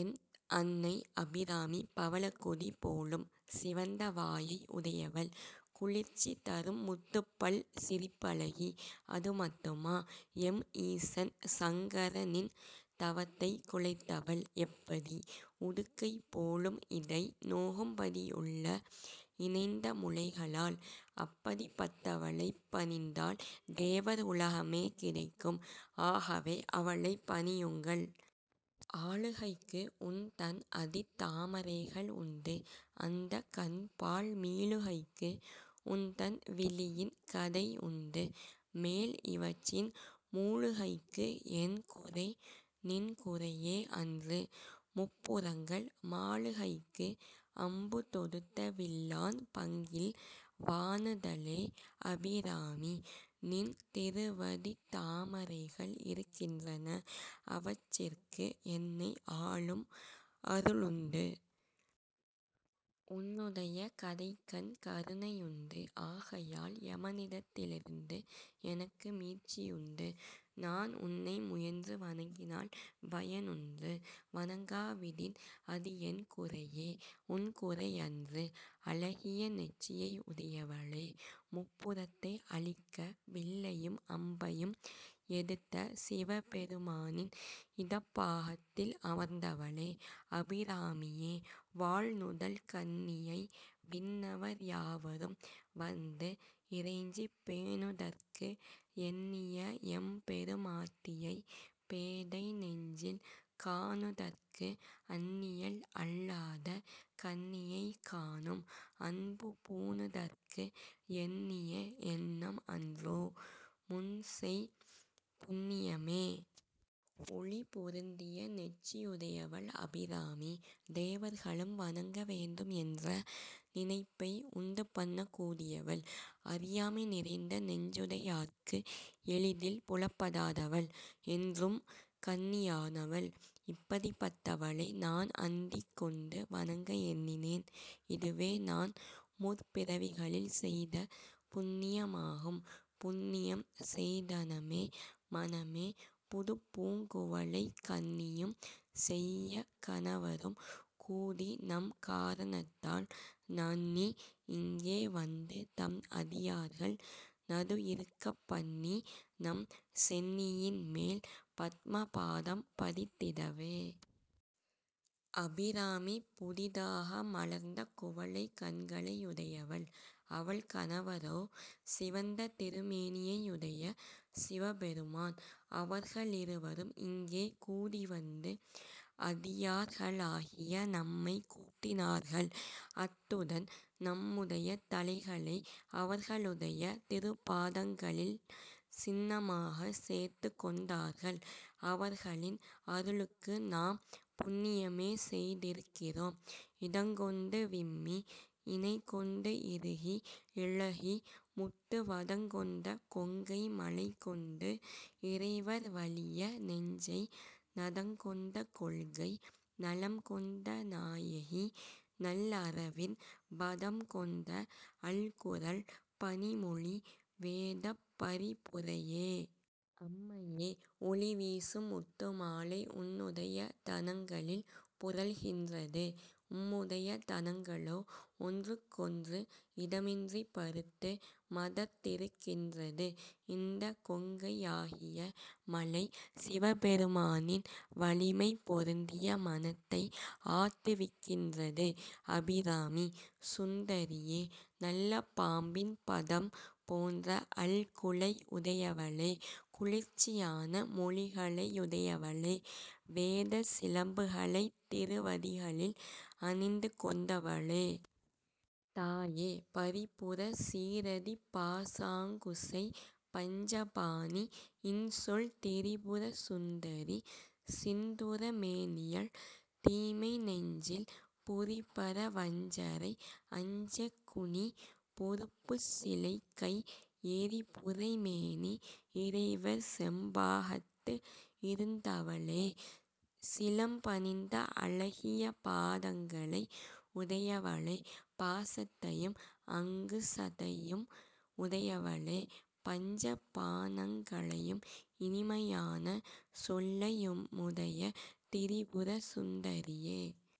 என் அன்னை அபிராமி பவளக்கொடி போலும் சிவந்த வாயை உடையவள். குளிர்ச்சி தரும் முத்துப்பல் சிரிப்பழகி, அது மட்டுமா? எம் ஈசன் சங்கரனின் தவத்தைக் குலைத்தவள். எப்படி? உடுக்கை போலும் இடை நோகும்படியுள்ள இணைந்த முலைகளால்! அப்படிப்பட்டவளைப் பணிந்தால் தேவர் உலகமே கிடைக்கும். ஆகவே அவளைப் பணியுங்கள்.: ஆளுகைக்கு, உன்தன் அடித்தாமரைகள் உண்டு, அந்தகன்பால் மீளுகைக்கு, உன்தன் விழியின் கடை உண்டு, மேல் இவற்றின் மூளுகைக்கு, என் குறை, நின் குறையே அன்று,-முப்புரங்கள். மாளுகைக்கு, அம்பு தொடுத்த வில்லான், பங்கில் வாணுதலே. அபிராமி! நின் திருவடித் தாமரைகள் இருக்கின்றன. அவற்றிற்கு என்னை ஆளும் அருள் உண்டு. உன்னுடைய கடைக்கண் கருணையுண்டு. ஆகையால் எமனிடத்திலிருந்து எனக்கு மீட்சியுண்டு. நான் உன்னை முயன்று வணங்கினால் பயன் உண்டு. வணங்காவிடின் அது என் குறையே; உன் குறையன்று. அழகிய நெற்றியை உடையவளே! முப்புரத்தை அழிக்க வில்லையும் அம்பையும் எடுத்த சிவபெருமானின் இடப்பாகத்தில் அமர்ந்தவளே! அபிராமியே!: வாள்-நுதல் கண்ணியை, விண்ணவர் யாவரும் வந்து இறைஞ்சிப் பேணுதற்கு எண்ணிய எம்பெருமாட்டியை, பேதை நெஞ்சில் காணுதற்கு அண்ணியள் அல்லாத கன்னியை, காணும்--அன்பு பூணுதற்கு எண்ணிய எண்ணம் அன்றோ, முன் செய் புண்ணியமே. ஒளி பொருந்திய நெற்றியுடையவள் அபிராமி! தேவர்களும் வணங்க வேண்டும் என்ற நினைப்பை உண்டு பண்ணக்கூடியவள்! அறியாமை நிறைந்த நெஞ்சுடையார்க்கு எளிதில் புலப்படாதவள். என்றும் கன்னியானவள். இப்படிப்பட்டவளை நான் அண்டிக் கொண்டு வணங்க எண்ணினேன். இதுவே நான் முற்பிறவிகளில் செய்த புண்ணியமாகும்.: புண்ணியம் செய்தனமே-மனமே. புதுப் பூங் குவளைக் கண்ணியும் செய்ய கணவரும் கூடி, நம் காரணத்தால் நண்ணி இங்கே வந்து தம் அடியார்கள் நடு இருக்கப் பண்ணி, நம் சென்னியின் மேல் பத்ம பாதம் பதித்திடவே. அபிராமி, புதிதாக மலர்ந்த குவளைக் கண்களையுடையவள். அவள் கணவரோ சிவந்த திருமேனியையுடைய சிவபெருமான். அவர்களிருவரும் இங்கே கூடிவந்து அடியார்களாகிய நம்மைக் கூட்டினார்கள். அத்துடன் நம்முடைய தலைகளை அவர்களுடைய திருப்பாதங்களின் சின்னமாகச் சேர்த்துக் கொண்டார்கள். அவர்களின் அருளுக்கு நாம் புண்ணியமே செய்திருக்கிறோம்.: இடங்கொண்டு விம்மி, இணைகொண்டு இறுகி, இளகி, முத்து வடங்கொண்ட கொங்கை-மலைகொண்டு இறைவர் வலிய நெஞ்சை நடங்கொண்ட கொள்கை நலம் கொண்ட நாயகி, நல் அரவின் வடம் கொண்ட அல்குல் பணிமொழி--வேதப் பரிபுரையே. அம்மையே! ஒளிவீசும் முத்துமாலை உன்னுடைய தனங்களில் புரள்கின்றது. உம்முடைய தனங்களோ ஒன்றுக்கொன்று இடமின்றி பருத்து மதர்த்திருக்கின்றது. இந்தக் கொங்கையாகிய மலை சிவபெருமானின் வலிமை பொருந்திய மனத்தை ஆட்டுவிக்கின்றது. அபிராமி சுந்தரியே! நல்ல பாம்பின் படம் போன்ற அல்குலை உடையவளே! குளிர்ச்சியான மொழிகளையுடையவளே! வேதச் சிலம்புகளைத் திருவடிகளில் அணிந்து கொண்டவளே! தாயே!: பரிபுரச் சீறடிப் பாசாங்குசை, பஞ்சபாணி, இன்சொல் திரிபுர சுந்தரி, சிந்துர மேனியள் தீமை நெஞ்சில் புரிபுர, வஞ்சரை அஞ்சக் குனி பொருப்புச்சிலைக் கை, எரி புரை மேனி, இறைவர் செம்பாகத்து இருந்தவளே. சிலம்பணிந்த அழகிய பாதங்களை உடையவளே! பாசத்தையும் அங்குசத்தையும் உடையவளே! பஞ்ச பாணங்களையும், இனிமையான சொல்லையுமுடைய திரிபுர சுந்தரியே!